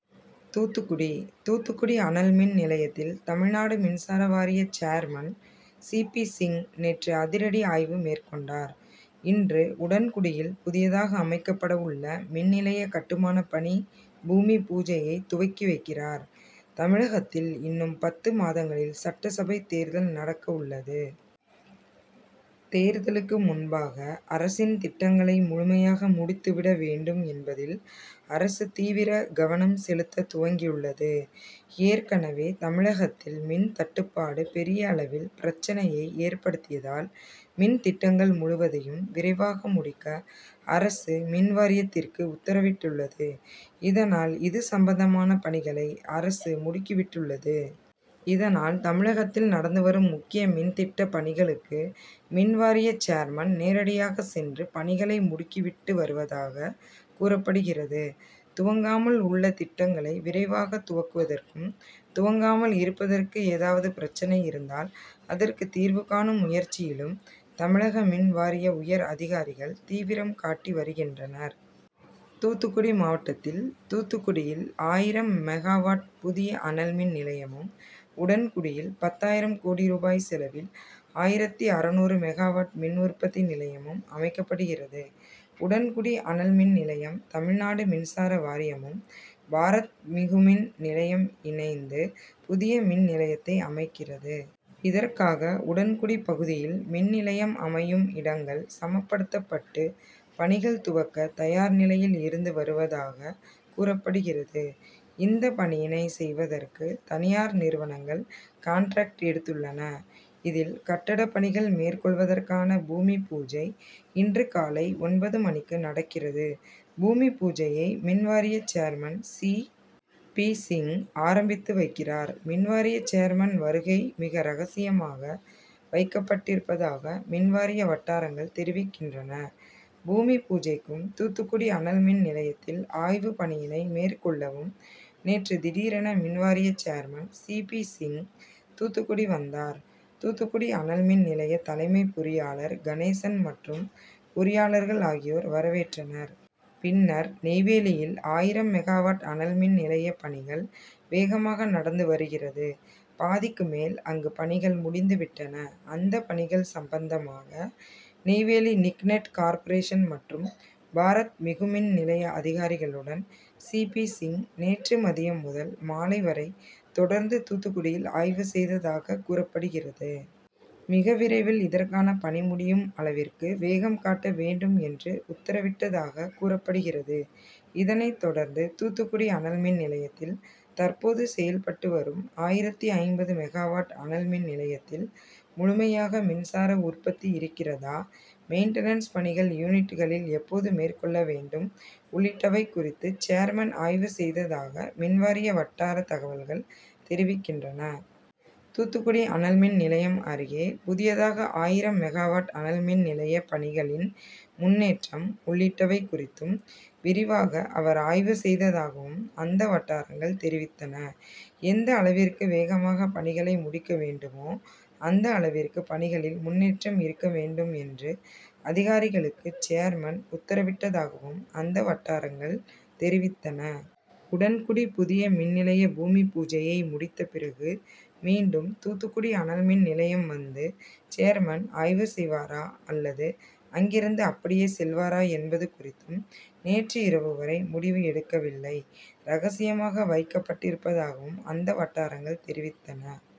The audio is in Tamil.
தூத்துக்குடி தூத்துக்குடி அனல்மின் நிலையத்தில் தமிழ்நாடு மின்சார வாரிய சேர்மன் சி. பி சிங் நேற்று அதிரடி ஆய்வு மேற்கொண்டார். இன்று உடன்குடியில் புதியதாக அமைக்கப்பட உள்ள மின் நிலைய கட்டுமான பணி பூமிபூஜையை துவக்கி வைக்கிறார். தமிழகத்தில் இன்னும் பத்து மாதங்களில் சட்டசபை தேர்தல் நடக்க உள்ளது. தேர்தலுக்கு முன்பாக அரசின் திட்டங்களை முழுமையாக முடித்து விட வேண்டும் என்பதில் அரசு தீவிர கவனம் செலுத்த துவங்கியுள்ளது. ஏற்கனவே தமிழகத்தில் மின் தட்டுப்பாடு பெரிய அளவில் பிரச்னையை ஏற்படுத்தியதால் மின் திட்டங்கள் முழுவதையும் விரைவாக முடிக்க அரசு மின்வாரியத்திற்கு உத்தரவிட்டுள்ளது. இதனால் இது சம்பந்தமான பணிகளை அரசு முடுக்கி விட்டுள்ளது. இதனால் தமிழகத்தில் நடந்து வரும் முக்கிய மின் திட்ட பணிகளுக்கு மின்வாரிய சேர்மன் நேரடியாக சென்று பணிகளை முடுக்கி விட்டு வருவதாக கூறப்படுகிறது. துவங்காமல் உள்ள திட்டங்களை விரைவாக துவக்குவதற்கும், துவங்காமல் இருப்பதற்கு ஏதாவது பிரச்னை இருந்தால் அதற்கு தீர்வு காணும் முயற்சியிலும் தமிழக மின் வாரிய உயர் அதிகாரிகள் தீவிரம் காட்டி வருகின்றனர். தூத்துக்குடி மாவட்டத்தில் தூத்துக்குடியில் ஆயிரம் மெகாவாட் புதிய அனல் மின் நிலையமும், உடன்குடியில் பத்தாயிரம் கோடி ரூபாய் செலவில் ஆயிரத்தி அறநூறு மெகாவாட் மின் உற்பத்தி நிலையமும் அமைக்கப்படுகிறது. உடன்குடி அனல்மின் நிலையம் தமிழ்நாடு மின்சார வாரியமும், பாரத் மிகுமின் நிலையம் இணைந்து புதிய மின் நிலையத்தை அமைக்கிறது. இதற்காக உடன்குடி பகுதியில் மின் நிலையம் அமையும் இடங்கள் சமப்படுத்தப்பட்டு பணிகள் துவக்க தயார் நிலையில் இருந்து வருவதாக கூறப்படுகிறது. இந்த பணியினை செய்வதற்கு தனியார் நிறுவனங்கள் காண்டிராக்ட் எடுத்துள்ளன. இதில் கட்டட பணிகள் மேற்கொள்வதற்கான பூமிபூஜை இன்று காலை ஒன்பது மணிக்கு நடக்கிறது. பூமிபூஜையை மின்வாரிய சேர்மன் சி. பி. சிங் ஆரம்பித்து வைக்கிறார். மின்வாரிய சேர்மன் வருகை மிக ரகசியமாக வைக்கப்பட்டிருப்பதாக மின்வாரிய வட்டாரங்கள் தெரிவிக்கின்றன. பூமிபூஜைக்கும், தூத்துக்குடி அனல்மின் நிலையத்தில் ஆய்வு பணியினை மேற்கொள்ளவும் நேற்று திடீரென மின்வாரிய chairman C. P. Singh Thoothukudi வந்தார். தூத்துக்குடி அனல்மின் நிலைய தலைமை பொறியாளர் கணேசன் மற்றும் பொறியாளர்கள் ஆகியோர் வரவேற்றனர். பின்னர் நெய்வேலியில் ஆயிரம் மெகாவாட் அனல்மின் நிலைய பணிகள் வேகமாக நடந்து வருகிறது. பாதிக்கு மேல் அங்கு பணிகள் முடிந்து விட்டன. அந்த பணிகள் சம்பந்தமாக நெய்வேலி நிக்நெட் கார்ப்ரேஷன் மற்றும் பாரத் மிகுமின் நிலைய அதிகாரிகளுடன் சி. பி. சிங் நேற்று மதியம் முதல் மாலை வரை தொடர்ந்து தூத்துக்குடியில் ஆய்வு செய்ததாக கூறப்படுகிறது. மிக விரைவில் இதற்கான பணி முடியும் அளவிற்கு வேகம் காட்ட வேண்டும் என்று உத்தரவிட்டதாக கூறப்படுகிறது. இதனை தொடர்ந்து தூத்துக்குடி அனல்மின்நிலையத்தில் தற்போது செயல்பட்டு வரும் ஆயிரத்து ஐம்பது மெகாவாட் அனல்மின் நிலையத்தில் முழுமையாக மின்சார உற்பத்தி இருக்கிறதா, மெயின்டன்ஸ் பணிகள் யூனிட்களில் எப்போது மேற்கொள்ள வேண்டும் உள்ளிட்டவை குறித்து சேர்மன் ஆய்வு செய்ததாக மின்வாரிய வட்டார தகவல்கள் தெரிவிக்கின்றன. தூத்துக்குடி அனல்மின் நிலையம் அருகே புதியதாக ஆயிரம் மெகாவாட் அனல்மின் நிலைய பணிகளின் முன்னேற்றம் உள்ளிட்டவை குறித்தும் விரிவாக அவர் ஆய்வு செய்ததாகவும் அந்த வட்டாரங்கள் தெரிவித்தன. எந்த அளவிற்கு வேகமாக பணிகளை முடிக்க வேண்டுமோ அந்த அளவிற்கு பணிகளில் முன்னேற்றம் இருக்க வேண்டும் என்று அதிகாரிகளுக்கு சேர்மன் உத்தரவிட்டதாகவும் அந்த வட்டாரங்கள் தெரிவித்தன. உடன்குடி புதிய மின் நிலைய பூமிபூஜையை முடித்த பிறகு மீண்டும் தூத்துக்குடி அனல்மின் நிலையம் வந்து சேர்மன் ஆய்வு செய்வாரா அல்லது அங்கிருந்து அப்படியே செல்வாரா என்பது குறித்தும் நேற்று இரவு வரை முடிவு எடுக்கவில்லை. ரகசியமாக வைக்கப்பட்டிருப்பதாகவும் அந்த வட்டாரங்கள் தெரிவித்தன.